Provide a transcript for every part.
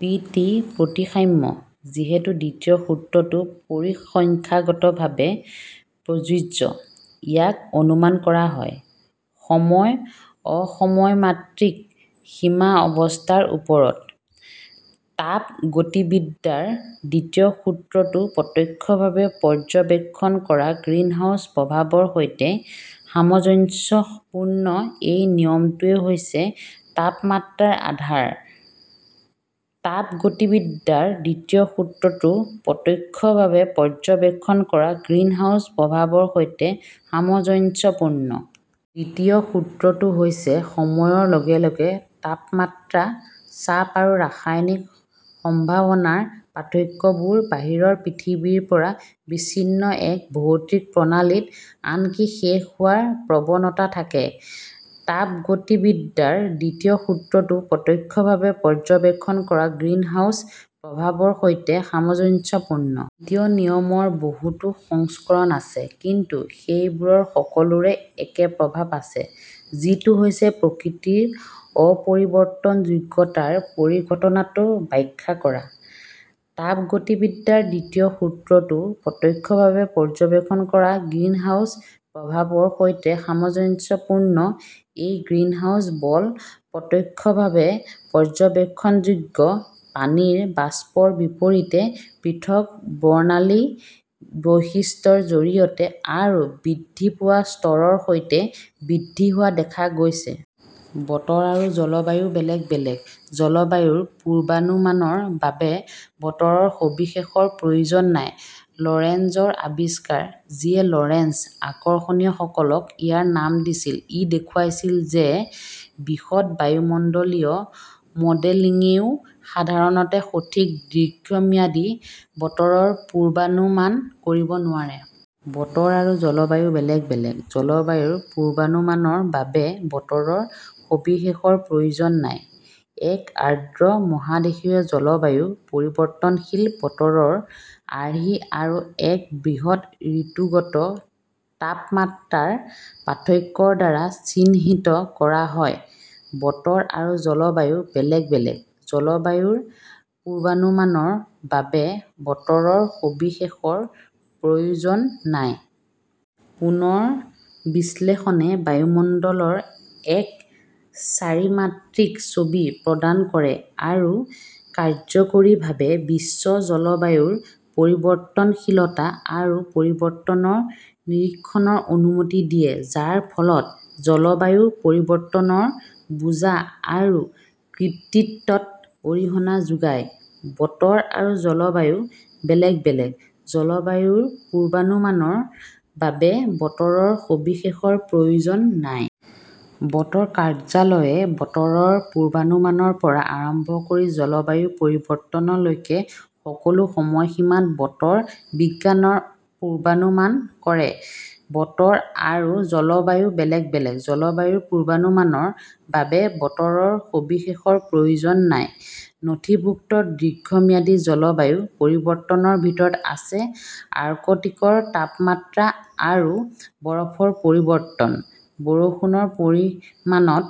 P. T. প্ৰতিসাম্য, যিহেতু দ্বিতীয় সূত্ৰটো পৰিসংখ্যাগতভাৱে প্ৰযোজ্য, ইয়াক অনুমান কৰা হয়, সময়-অসমমাত্ৰিক সীমা অৱস্থাৰ ওপৰত। তাপগতিবিদ্যাৰ দ্বিতীয় সূত্ৰটো প্ৰত্যক্ষভাৱে পৰ্যবেক্ষণ কৰা গ্ৰীণহাউছ প্ৰভাৱৰ সৈতে সামঞ্জস্যপূৰ্ণ। এই নিয়মটোৱেই হৈছে তাপমাত্ৰাৰ আধাৰ। তাপগতিবিদ্যাৰ দ্বিতীয় সূত্ৰটো প্ৰত্যক্ষভাৱে পৰ্যবেক্ষণ কৰা গ্ৰীণহাউছ প্ৰভাৱৰ সৈতে সামঞ্জস্যপূৰ্ণ। দ্বিতীয় সূত্ৰটো হৈছে সময়ৰ লগে লগে তাপমাত্ৰা, চাপ আৰু ৰাসায়নিক সম্ভাৱনাৰ পাৰ্থক্যবোৰ বাহিৰৰ পৃথিৱীৰ পৰা বিচ্ছিন্ন এক ভৌতিক প্ৰণালীত আনকি শেষ হোৱাৰ প্ৰৱণতা থাকে। তাপগতিবিদ্যাৰ দ্বিতীয় সূত্ৰটো প্ৰত্যক্ষভাৱে পৰ্যবেক্ষণ কৰা গ্ৰীণহাউছ প্ৰভাৱৰ সৈতে সামঞ্জস্যপূৰ্ণ। দ্বিতীয় নিয়মৰ বহুতো সংস্কৰণ আছে, কিন্তু সেইবোৰৰ সকলোৰে একে প্ৰভাৱ আছে, যিটো হৈছে প্ৰকৃতিৰ অপৰিৱৰ্তনযোগ্যতাৰ পৰিঘটনাটো ব্যাখ্যা কৰা। তাপগতিবিদ্যাৰ দ্বিতীয় সূত্ৰটো প্ৰত্যক্ষভাৱে পৰ্যবেক্ষণ কৰা গ্ৰীণহাউছ প্ৰভাৱৰ সৈতে সামঞ্জস্যপূৰ্ণ। এই গ্ৰীণহাউছ বল প্ৰত্যক্ষভাৱে পৰ্যবেক্ষণযোগ্য, পানীৰ বাষ্পৰ বিপৰীতে পৃথক বৰ্ণালী বৈশিষ্ট্যৰ জৰিয়তে, আৰু বৃদ্ধি পোৱা স্তৰৰ সৈতে বৃদ্ধি হোৱা দেখা গৈছে। বতৰ আৰু জলবায়ু বেলেগ বেলেগ; জলবায়ুৰ পূৰ্বানুমানৰ বাবে বতৰৰ সবিশেষৰ প্ৰয়োজন নাই। লৰেঞ্জৰ আৱিষ্কাৰ, যিয়ে লৰেঞ্জ আকৰ্ষণীয়সকলক ইয়াৰ নাম দিছিল, ই দেখুৱাইছিল যে বিশদ বায়ুমণ্ডলীয় মডেলিংয়েও সাধাৰণতে সঠিক দীৰ্ঘম্যাদী বতৰৰ পূৰ্বানুমান কৰিব নোৱাৰে। বতৰ আৰু জলবায়ু বেলেগ বেলেগ; জলবায়ুৰ পূৰ্বানুমানৰ বাবে বতৰৰ সবিশেষৰ প্ৰয়োজন নাই। এক আৰ্দ্ৰ মহাদেশীয় জলবায়ু পৰিৱৰ্তনশীল বতৰৰ আৰ্হি আৰু এক বৃহৎ ঋতুগত তাপমাত্ৰাৰ পাৰ্থক্যৰ দ্বাৰা চিহ্নিত কৰা হয়। বতৰ আৰু জলবায়ু বেলেগ বেলেগ; জলবায়ুৰ পূৰ্বানুমানৰ বাবে বতৰৰ সবিশেষৰ প্ৰয়োজন নাই। পুনৰ বিশ্লেষণে বায়ুমণ্ডলৰ এক চাৰিমাত্ৰিক ছবি প্ৰদান কৰে আৰু কাৰ্যকৰীভাৱে বিশ্ব জলবায়ুৰ পৰিৱৰ্তনশীলতা আৰু পৰিৱৰ্তনৰ নিৰীক্ষণৰ অনুমতি দিয়ে, যাৰ ফলত জলবায়ু পৰিৱৰ্তনৰ বুজা আৰু কৃতিত্বত অৰিহণা যোগায়। বতৰ আৰু জলবায়ু বেলেগ বেলেগ; জলবায়ুৰ পূৰ্বানুমানৰ বাবে বতৰৰ সবিশেষৰ প্ৰয়োজন নাই। বতৰ কাৰ্যালয়ে বতৰৰ পূৰ্বানুমানৰ পৰা আৰম্ভ কৰি জলবায়ু পৰিৱৰ্তনলৈকে সকলো সময়সীমাত বতৰ বিজ্ঞানৰ পূৰ্বানুমান কৰে। বতৰ আৰু জলবায়ু বেলেগ বেলেগ; জলবায়ুৰ পূৰ্বানুমানৰ বাবে বতৰৰ সবিশেষৰ প্ৰয়োজন নাই। নথিভুক্ত দীৰ্ঘম্যাদী জলবায়ু পৰিৱৰ্তনৰ ভিতৰত আছে আৰ্কটিকৰ তাপমাত্ৰা আৰু বৰফৰ পৰিৱৰ্তন, বৰষুণৰ পৰিমাণত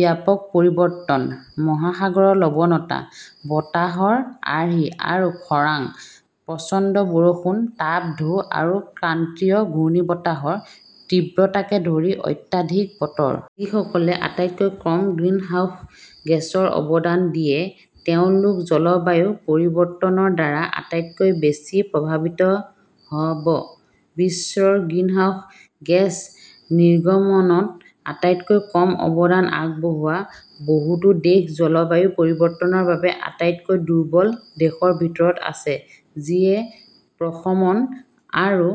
ব্যাপক পৰিৱৰ্তন, মহাসাগৰৰ লৱণতা, বতাহৰ আৰ্হি আৰু খৰাং, প্ৰচণ্ড বৰষুণ, তাপ ঢৌ আৰু ক্ৰান্তীয় ঘূৰ্ণীবতাহৰ তীব্ৰতাকে ধৰি অত্যাধিক বতৰ। যিসকলে আটাইতকৈ কম গ্ৰিনহাউস গেছৰ অৱদান দিয়ে তেওঁলোক জলবায়ু পৰিৱৰ্তনৰ দ্বাৰা আটাইতকৈ বেছি প্ৰভাৱিত হ 'ব। বিশ্বৰ গ্ৰিনহাউস গেছ নিৰ্গমনত আটাইতকৈ কম অৱদান আগবঢ়োৱা বহুতো দেশ জলবায়ু পৰিৱৰ্তনৰ বাবে আটাইতকৈ দুৰ্বল দেশৰ ভিতৰত আছে, যিয়ে প্ৰশমন আৰু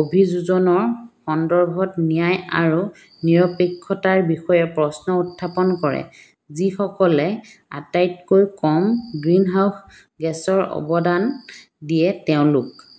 অভিযোজনৰ সন্দৰ্ভত ন্যায় আৰু নিৰপেক্ষতাৰ বিষয়ে প্ৰশ্ন উত্থাপন কৰে। যিসকলে আটাইতকৈ কম গ্ৰিনহাউস গেছৰ অৱদান দিয়ে তেওঁলোক